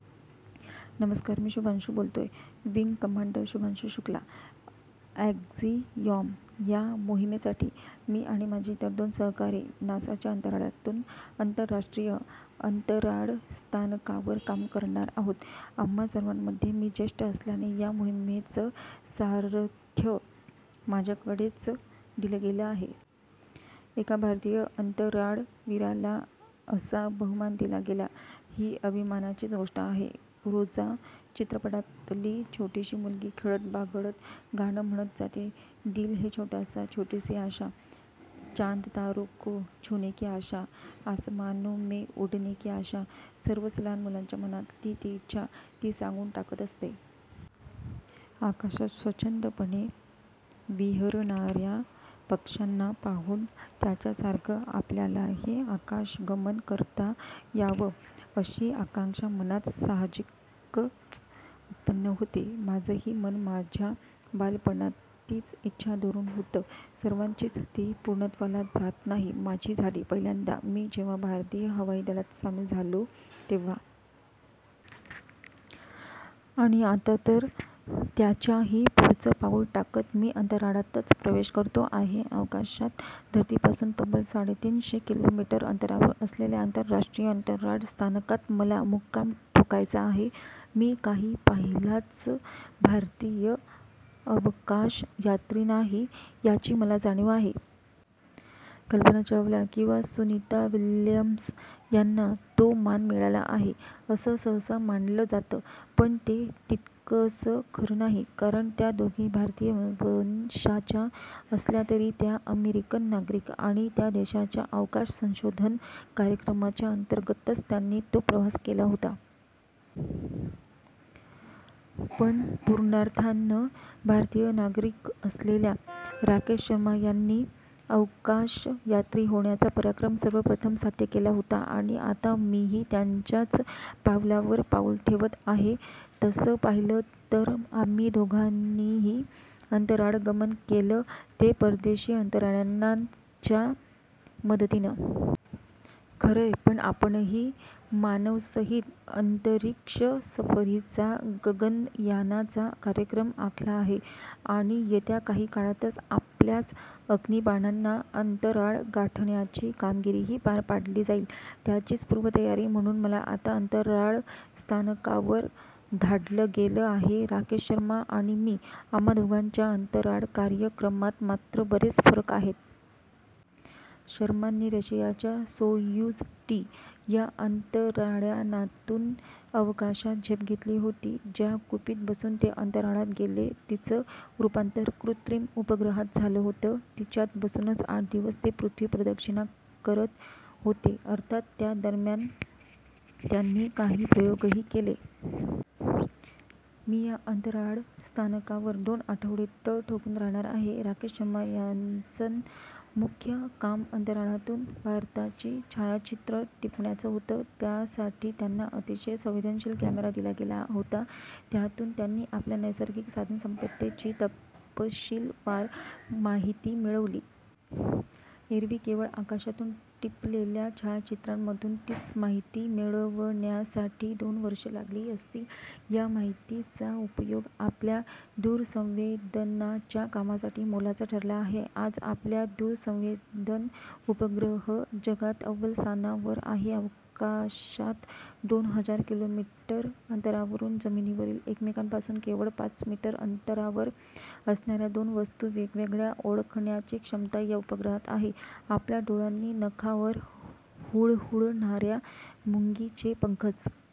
नमस्कार. मी शुभांशू बोलतोय. Wing commander Shubhanshu Shukla. 'Axiom ' या मोहिमेसाठी मी आणि माझे इतर दोन सहकारी नासाच्या अंतराळयानातून आंतरराष्ट्रीय अंतराळस्थानकावर काम करणार आहोत. आम्हा सर्वांमध्ये मी ज्येष्ठ असल्याने या मोहिमेचं सारथ्य माझ्याकडेच दिलं गेलं आहे. एका भारतीय अंतराळवीराला असा बहुमान दिला गेला, ही अभिमानाचीच गोष्ट आहे. 'रोजा' चित्रपटातली छोटीशी मुलगी खेळत, बागडत, गाणं म्हणत जाते- 'दिल है छोटासा, छोटीसी आशा, चांदतारोंको छुनेकी आशा, आसमानोंमे उडनेकी आशा'. सर्वच लहान मुलांच्या मनातली ती इच्छा ती सांगून टाकत असते. आकाशात स्वच्छंदपणे विहरणाऱ्या पक्ष्यांना पाहून त्याच्यासारखं आपल्यालाही आकाशगमन करता यावं, अशी आकांक्षा मनात साहजिकच उत्पन्न होते. माझंही मन माझ्या बालपणात तीच इच्छा धरून होतं. सर्वांचीच ती पूर्णत्वाला जात नाही; माझी झाली. पहिल्यांदा मी जेव्हा भारतीय हवाई दलात सामील झालो तेव्हा. आणि आता तर त्याच्याही पुढचं पाऊल टाकत मी अंतराळातच प्रवेश करतो आहे. अवकाशात धरतीपासून तब्बल साडेतीनशे किलोमीटर अंतरावर असलेल्या आंतरराष्ट्रीय अंतराळ स्थानकात मला मुक्काम ठोकायचा आहे. मी काही पहिलाच भारतीय अवकाशयात्री नाही, याची मला जाणीव आहे. कल्पना चावला किंवा सुनीता विल्यम्स यांना तो मान मिळाला आहे, असं सहसा मानलं जातं. पण ते तितकंसं खरं नाही. कारण त्या दोघी भारतीय वंशाच्या असल्या तरी त्या अमेरिकन नागरिक. आणि त्या देशाच्या अवकाश संशोधन कार्यक्रमाच्या अंतर्गतच त्यांनी तो प्रवास केला होता. पण पूर्णार्थानं भारतीय नागरिक असलेल्या राकेश शर्मा यांनी अवकाशयात्री होण्याचा पराक्रम सर्वप्रथम साध्य केला होता. आणि आता मीही त्यांच्याच पावलावर पाऊल ठेवत आहे. तसं पाहिलं तर आम्ही दोघांनीही अंतराळगमन केलं ते परदेशी अंतराळयानांच्या मदतीनं. खरंय! पण आपणही मानवसहित अंतरिक्षसफरीचा, गगनयानाचा, कार्यक्रम आखला आहे. आणि येत्या काही काळातच आपल्याच अग्निबाणानं अंतराळ गाठण्याची कामगिरीही पार पाडली जाईल. त्याचीच पूर्वतयारी म्हणून मला आता अंतराळस्थानकावर धाडलं गेलं आहे. राकेश शर्मा आणि मी, आम्हा दोघांच्या अंतराळकार्यक्रमात मात्र बरेच फरक आहेत. शर्मांनी रशियाच्या 'सोयुझ टी' या अंतराळयानातून अवकाशात झेप घेतली होती. ज्या कुपीत बसून ते अंतराळात गेले तिचं रूपांतर कृत्रिम उपग्रहात झालं होतं. तिच्यात बसूनच आठ दिवस ते पृथ्वीप्रदक्षिणा करत होते. अर्थात त्या दरम्यान त्यांनी काही प्रयोगही केले. मी या अंतराळस्थानकावर दोन आठवडे तळ ठोकून राहणार आहे. राकेश शर्मा यांचं मुख्य काम अंतराळातून भारताची छायाचित्रं टिपण्याचं होतं. त्यासाठी त्यांना अतिशय संवेदनशील कॅमेरा दिला गेला होता. त्यातून त्यांनी आपल्या नैसर्गिक साधनसंपत्तीची तपशीलवार माहिती मिळवली. एरवी केवळ आकाशातून टिपलेल्या छायाचित्रांमधून तीच माहिती मिळवण्यासाठी दोन वर्षं लागली असती. या माहितीचा उपयोग आपल्या दूरसंवेदनाच्या कामासाठी मोलाचा ठरला आहे. आज आपला दूरसंवेदन उपग्रह जगात अव्वल स्थानावर आहे. अवकाशात दोन हजार किलोमीटर अंतरावरून जमिनीवरील एकमेकांपासून केवळ पाच मीटर अंतरावर असणाऱ्या दोन वस्तू वेगवेगळ्या ओळखण्याची क्षमता या उपग्रहात आहे. आपल्या डोळ्यांनी नखावर हुळहुळणाऱ्या मुंगीचे पंखच